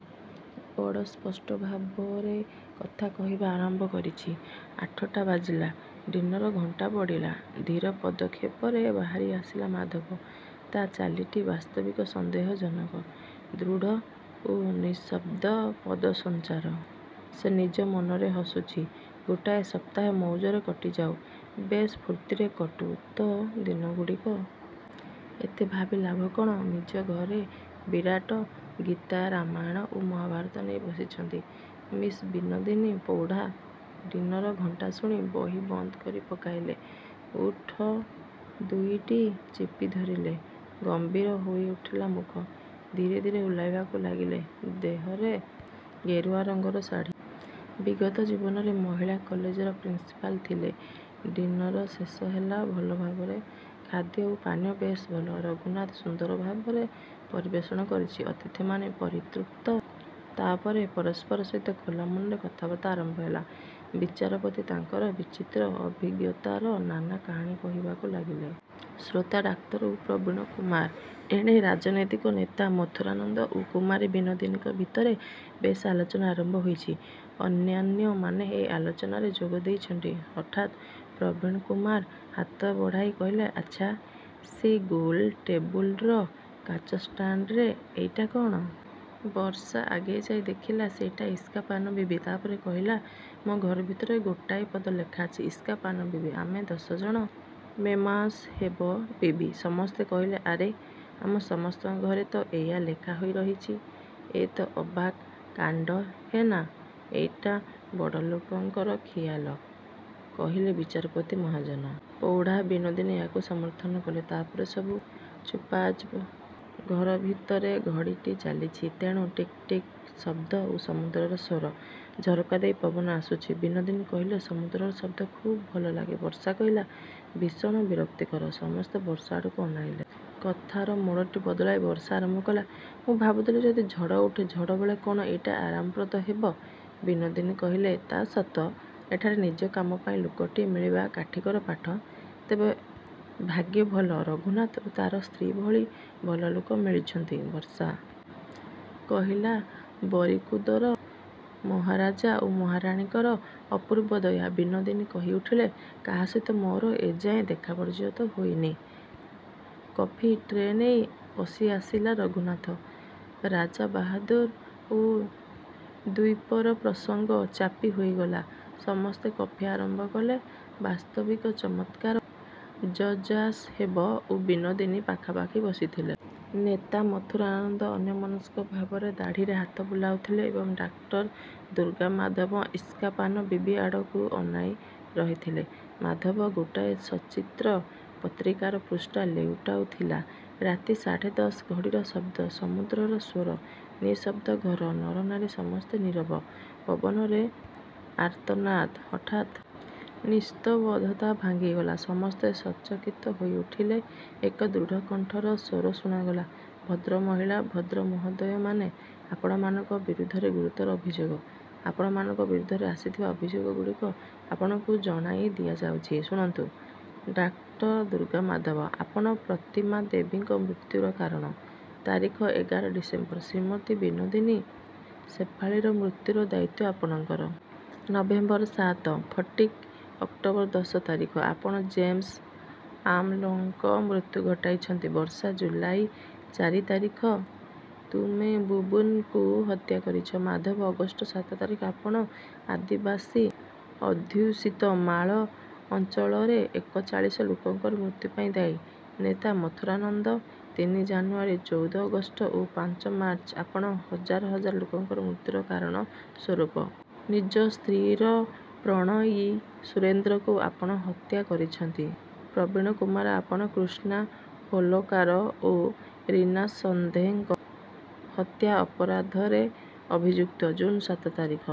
ବଡ଼ ସ୍ପଷ୍ଟଭାବରେ କଥା କହିବା ଆରମ୍ଭ କରିଛି। ଆଠଟା ବାଜିଲା। ଡିନର ଘଣ୍ଟା ପଡ଼ିଲା। ଧୀର ପଦକ୍ଷେପରେ ବାହାରିଆସିଲା ମାଧବ। ତା' ଚାଲିଟି ବାସ୍ତବିକ ସନ୍ଦେହଜନକ। ଦୃଢ଼ ଓ ନିଃଶବ୍ଦ ପଦସଞ୍ଚାର। ସେ ନିଜ ମନରେ ହସୁଛି, ଗୋଟାଏ ସପ୍ତାହ ମଉଜରେ କଟିଯାଉ। ବେଶ୍ ଫୂର୍ତ୍ତିରେ କଟୁ ତ ଦିନଗୁଡ଼ିକ। ଏତେ ଭାବି ଲାଭ କ'ଣ? ନିଜ ଘରେ ବିରାଟ ଗୀତା, ରାମାୟଣ ଓ ମହାଭାରତ ନେଇ ବସିଛନ୍ତି ମିସ୍ ବିନୋଦିନୀ, ପ୍ରୌଢ଼ା। ଡିନର ଘଣ୍ଟା ଶୁଣି ବହି ବନ୍ଦ କରିପକାଇଲେ। ଓଠଦୁଇଟି ଚିପିଧରିଲେ। ଗମ୍ଭୀର ହୋଇଉଠିଲା ମୁଖ। ଧୀରେ ଧୀରେ ଓହ୍ଲାଇବାକୁ ଲାଗିଲେ। ଦେହରେ ଗେରୁଆ ରଙ୍ଗର ଶାଢ଼ୀ। ବିଗତ ଜୀବନରେ ମହିଳା କଲେଜର ପ୍ରିନ୍ସପାଲ୍ ଥିଲେ। ଡିନର ଶେଷ ହେଲା ଭଲଭାବରେ। ଖାଦ୍ୟ ଓ ପାନୀୟ ବେଶ୍ ଭଲ। ରଘୁନାଥ ସୁନ୍ଦରଭାବରେ ପରିବେଷଣ କରିଛି। ଅତିଥିମାନେ ପରିତୃପ୍ତ। ତା'ପରେ ପରସ୍ପର ସହିତ ଖୋଲା ମନରେ କଥାବାର୍ତ୍ତା ଆରମ୍ଭ ହେଲା। ବିଚାରପତି ତାଙ୍କର ବିଚିତ୍ର ଅଭିଜ୍ଞତାର ନାନା କାହାଣୀ କହିବାକୁ ଲାଗିଲେ। ଶ୍ରୋତା ଡାକ୍ତର ଓ ପ୍ରବୀଣକୁମାର। ଏଣେ ରାଜନୈତିକ ନେତା ମଥୁରାନନ୍ଦ ଓ କୁମାରୀ ବିନୋଦିନୀଙ୍କ ଭିତରେ ବେଶ୍ ଆଲୋଚନା ଆରମ୍ଭ ହୋଇଛି। ଅନ୍ୟାନ୍ୟମାନେ ଏ ଆଲୋଚନାରେ ଯୋଗ ଦେଇଛନ୍ତି। ହଠାତ୍ ପ୍ରବୀଣକୁମାର ହାତ ବଢ଼ାଇ କହିଲେ, ଆଚ୍ଛା, ସେଇ ଗୋଲ ଟେବୁଲ୍ର କାଚ ଷ୍ଟାଣ୍ଡରେ ଏଇଟା କ'ଣ? ବର୍ଷା ଆଗେଇଯାଇ ଦେଖିଲା, ସେଇଟା ଇସ୍କା ପାନ ବିବି। ତା'ପରେ କହିଲା, ମୋ ଘରଭିତରେ ଗୋଟାଏ ପଦ ଲେଖାଅଛି, ଇସ୍କା ପାନ ବିବି, ଆମେ ଦଶଜଣ ମେମ୍ସାହେବ ବିବି। ସମସ୍ତେ କହିଲେ, ଆରେ, ଆମ ସମସ୍ତଙ୍କ ଘରେ ତ ଏଇଆ ଲେଖାହୋଇ ରହିଛି। ଏ ତ ଅବାକ୍ କାଣ୍ଡ ହେ ନା, ଏଇଟା ବଡ଼ଲୋକଙ୍କର ଖିଆଲ, କହିଲେ ବିଚାରପତି ମହାଜନ। ପ୍ରୌଢ଼ା ବିନୋଦିନୀ ଏହାକୁ ସମର୍ଥନ କଲେ। ତା'ପରେ ସବୁ ଚୁପ୍ଚାପ୍। ଘରଭିତରେ ଘଡ଼ିଟି ଚାଲିଛି, ତେଣୁ ଟିକ୍ ଟିକ୍ ଶବ୍ଦ ଓ ସମୁଦ୍ରର ସ୍ଵର। ଝରକାଦେଇ ପବନ ଆସୁଛି। ବିନୋଦିନୀ କହିଲେ, ସମୁଦ୍ରର ଶବ୍ଦ ଖୁବ୍ ଭଲ ଲାଗେ ବର୍ଷା କହିଲା, ଭୀଷଣ ବିରକ୍ତିକର। ସମସ୍ତେ ବର୍ଷା ଆଡ଼କୁ ଅନାଇଲେ। କଥାର ମୋଡ଼ଟି ବଦଳାଇ ବର୍ଷା ଆରମ୍ଭ କଲା, ମୁଁ ଭାବୁଥିଲି, ଯଦି ଝଡ଼ ଉଠେ, ଝଡ଼ବେଳେ କ'ଣ ଏଇଟା ଆରାମପ୍ରଦ ହେବ? ବିନୋଦିନୀ କହିଲେ, ତା' ସତ। ଏଠାରେ ନିଜ କାମ ପାଇଁ ଲୋକଟିଏ ମିଳିବା କାଠିକର ପାଠ। ତେବେ ଭାଗ୍ୟ ଭଲ, ରଘୁନାଥ ଓ ତା'ର ସ୍ତ୍ରୀ ଭଳି ଭଲ ଲୋକ ମିଳିଛନ୍ତି। ବର୍ଷା କହିଲା, ବରିକୁଦର ମହାରାଜା ଓ ମହାରାଣୀଙ୍କର ଅପୂର୍ବ ଦୟା। ବିନୋଦିନୀ କହିଉଠିଲେ, କାହା ସହିତ ମୋର ଏଯାଏଁ ଦେଖା ପର୍ଯ୍ୟନ୍ତ ହୋଇନି। କଫି ଟ୍ରେ ନେଇ ପଶି ଆସିଲା ରଘୁନାଥ। ରାଜାବାହାଦୁର ଓ ଦ୍ଵୀପର ପ୍ରସଙ୍ଗ ଚାପି ହୋଇଗଲା। ସମସ୍ତେ କଫି ଆରମ୍ଭ କଲେ। ବାସ୍ତବିକ ଚମତ୍କାର। ଜଜ୍ସାହେବ ଓ ବିନୋଦିନୀ ପାଖାପାଖି ବସିଥିଲେ। ନେତା ମଥୁରାନନ୍ଦ ଅନ୍ୟମନସ୍କଭାବରେ ଦାଢ଼ିରେ ହାତ ବୁଲାଉଥିଲେ ଏବଂ ଡାକ୍ତର ଦୁର୍ଗାମାଧବ ଇସ୍କା ପାନ ବିବି ଆଡ଼କୁ ଅନାଇ ରହିଥିଲେ। ମାଧବ ଗୋଟାଏସଚିତ୍ର ପତ୍ରିକାର ପୃଷ୍ଠା ଲେଉଟାଉଥିଲା। ରାତି ସାଢ଼େ ଦଶ। ଘଡ଼ିର ଶବ୍ଦ। ସମୁଦ୍ରର ସ୍ଵର। ନିଃଶବ୍ଦ ଘର। ନରନାରୀ ସମସ୍ତେ ନୀରବ। ପବନରେ ଆର୍ତ୍ତନାଦ। ହଠାତ୍ ନିସ୍ତବ୍ଧତା ଭାଙ୍ଗିଗଲା। ସମସ୍ତେ ସଚକିତ ହୋଇଉଠିଲେ। ଏକ ଦୃଢ଼କଣ୍ଠର ସ୍ଵର ଶୁଣାଗଲା, ଭଦ୍ରମହିଳା, ଭଦ୍ର ମହୋଦୟମାନେ, ଆପଣମାନଙ୍କ ବିରୁଦ୍ଧରେ ଗୁରୁତର ଅଭିଯୋଗ। ଆପଣମାନଙ୍କ ବିରୁଦ୍ଧରେ ଆସିଥିବା ଅଭିଯୋଗଗୁଡ଼ିକ ଆପଣଙ୍କୁ ଜଣାଇଦିଆଯାଉଛି, ଶୁଣନ୍ତୁ। ଡାକ୍ତରଦୁର୍ଗାମାଧବ, ଆପଣ ପ୍ରତିମା ଦେବୀଙ୍କ ମୃତ୍ୟୁର କାରଣ। ତାରିଖ ଏଗାର ଡିସେମ୍ବର। ଶ୍ରୀମତୀ ବିନୋଦିନୀ, ଶେଫାଳୀରମୃତ୍ୟୁରଦାୟିତ୍ୱଆପଣଙ୍କର। ନଭେମ୍ବର ସାତ। ଫଟିକ୍, ଅକ୍ଟୋବର ଦଶ ତାରିଖ। ଆପଣ ଜେମ୍ସ-ଆଂଲୋଙ୍କ ମୃତ୍ୟୁ ଘଟାଇଛନ୍ତି। ବର୍ଷା, ଜୁଲାଇ ଚାରି ତାରିଖ, ତୁମେବୁବୁନ୍କୁ ହତ୍ୟା କରିଛ। ମାଧବ, ଅଗଷ୍ଟ ସାତ ତାରିଖ, ଆପଣ ଆଦିବାସୀଅଧ୍ୟୁଷିତ ମାଳ ଅଞ୍ଚଳରେ ଏକଚାଳିଶ ଲୋକଙ୍କର ମୃତ୍ୟୁପାଇଁ ଦାୟୀ। ନେତା ମଥୁରାନନ୍ଦ, ତିନି ଜାନୁୟାରୀ, ଚଉଦ ଅଗଷ୍ଟ ଓ ପାଞ୍ଚ ମାର୍ଚ୍ଚ, ଆପଣ ହଜାର ହଜାର ଲୋକଙ୍କର ମୃତ୍ୟୁର କାରଣସ୍ଵରୂପ। ନିଜ ସ୍ତ୍ରୀର ପ୍ରଣୟୀ ସୁରେନ୍ଦ୍ରକୁ ଆପଣ ହତ୍ୟା କରିଛନ୍ତି। ପ୍ରବୀଣକୁମାର, ଆପଣ କୃଷ୍ଣା ହୋଲକାର ଓ ରୀନା ସିନ୍ଧେଙ୍କର ହତ୍ୟା ଅପରାଧରେ ଅଭିଯୁକ୍ତ। ଜୁନ୍ ସାତ ତାରିଖ।